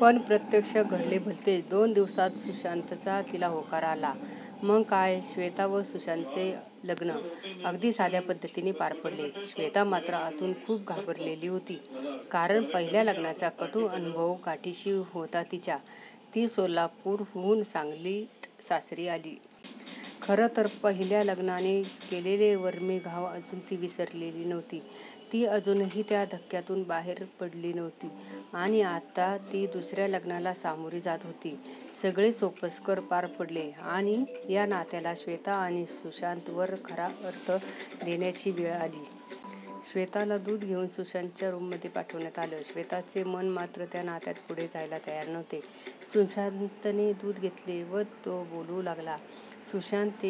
पण प्रत्यक्ष घडले भलतेच, दोन दिवसांत सुशांतचा तिला होकार आला. मग काय, श्वेता व सुशांतचे लग्न अगदी साध्या पद्धतीने पार पडले. श्वेता मात्र आतून खूप घाबरली होती. कारण पहिल्या लग्नाचा कटू अनुभव गाठीशी होता तिच्या; ती सोलापूरहून सांगलीत सासरी आली. खरं तर पहिल्या लग्नाने केलेले वरमी घाव अजून ती विसरली नव्हती. ती अजूनही त्या धक्क्यातून बाहेरच पडली नव्हती. आणि आता ती दुसऱ्या लग्नाला सामोरी जात होती. सगळे सोपस्कार पार पडले आणि या नात्याला श्वेता आणि सुशांतवर खरा अर्थ देण्याची वेळ आली. श्वेताला दूध घेऊन सुशांतच्या रूममध्ये पाठवण्यात आले. श्वेताचे मन मात्र या नात्यात पुढे जायला तयार नव्हते. सुशांतने दूध घेतले व तो बोलू लागला. सुशांत,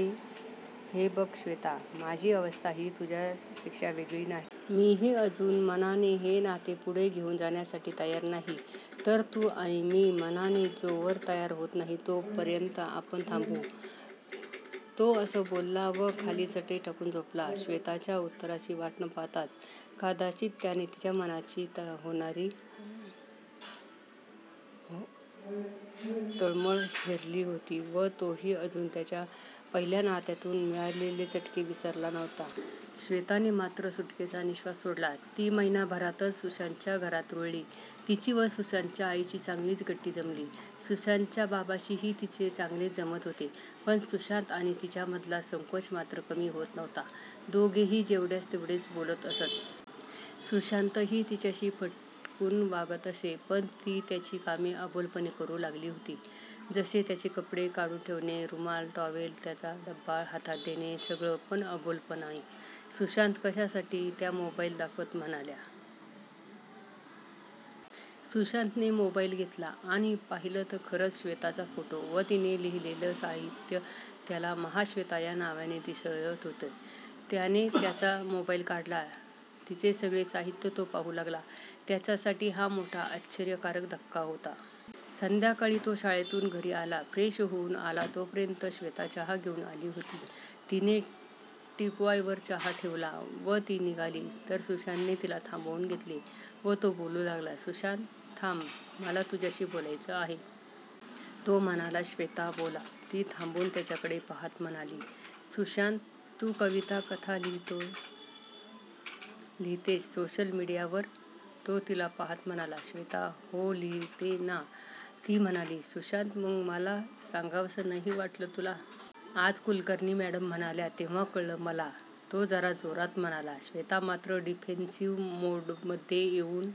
हे बघ श्वेता, माझी अवस्था ही तुझ्यापेक्षा वेगळी नाही. मीही अजून मनाने हे नाते पुढे घेऊन जाण्यासाठी तयार नाही, तर तू आणि मी मनाने जोवर तयार होत नाही तोपर्यंत आपण थांबू! तो असं बोलला व खाली चटई अंथरून झोपला, श्वेताच्या उत्तराची वाट न पाहताच, कदाचित त्याने तिच्या मनाची होणारी तगमग हेरली होती व तोही अजून त्याच्या पहिल्या नात्यातून मिळालेले चटके विसरला नव्हता. श्वेताने मात्र सुटकेचा निःश्वास सोडला. ती महिन्याभरातच सुशांतच्या घरात रुळली. तिची व सुशांतच्या आईची चांगलीच गट्टी जमली. सुशांतच्या बाबांशीही तिचे चांगलेच जमत होते. पण सुशांत आणि तिच्यामधला संकोच मात्र कमी होत नव्हता. दोघेही जेवढ्यास-तेवढेच बोलत असत. सुशांतही तिच्याशी फटकून वागत असे. पण ती त्याची कामे अबोलपणे करू लागली होती. जसे त्याचे कपडे काढून ठेवणे, रुमाल, टॉवेल, त्याचा डबा हातात देणे, सगळं पण अबोलपणे. सुशांत, कशासाठी! त्या मोबाईल दाखवत म्हणाल्या. सुशांतने मोबाईल घेतला आणि पाहिलं तर खरंच श्वेताचा फोटो व तिने लिहिलेले साहित्य त्याला महाश्वेता या नावाने दिसत होते. त्याने त्याचा मोबाईल काढला, तिचे सगळे साहित्य तो पाहू लागला. त्याच्यासाठी हा मोठा आश्चर्यकारक धक्का होता. संध्याकाळी तो शाळेतून घरी आला. फ्रेश होऊन आला तोपर्यंत श्वेता चहा घेऊन आली होती. तिने टीपॉयवर चहा ठेवला व ती निघाली तर सुशांतने तिला थांबवून घेतले व तो बोलू लागला. सुशांत, थांब, मला तुझ्याशी बोलायचे आहे? तो म्हणाला. श्वेता, बोला! ती थांबून त्याच्याकडे पाहत म्हणाली. सुशांत, तू कविता, कथा लिहितेस सोशल मीडियावर? तो तिला पाहत म्हणाला. श्वेता, हो लिहिते ना! ती म्हणाली. सुशांत, मग मला सांगावंसं नाही वाटलं तुला? आज कुलकर्णी मॅडम म्हणाल्या तेव्हा कळलं मला, तो जरा जोरात म्हणाला. श्वेता मात्र डिफेन्सिव्ह मोडमध्ये येऊन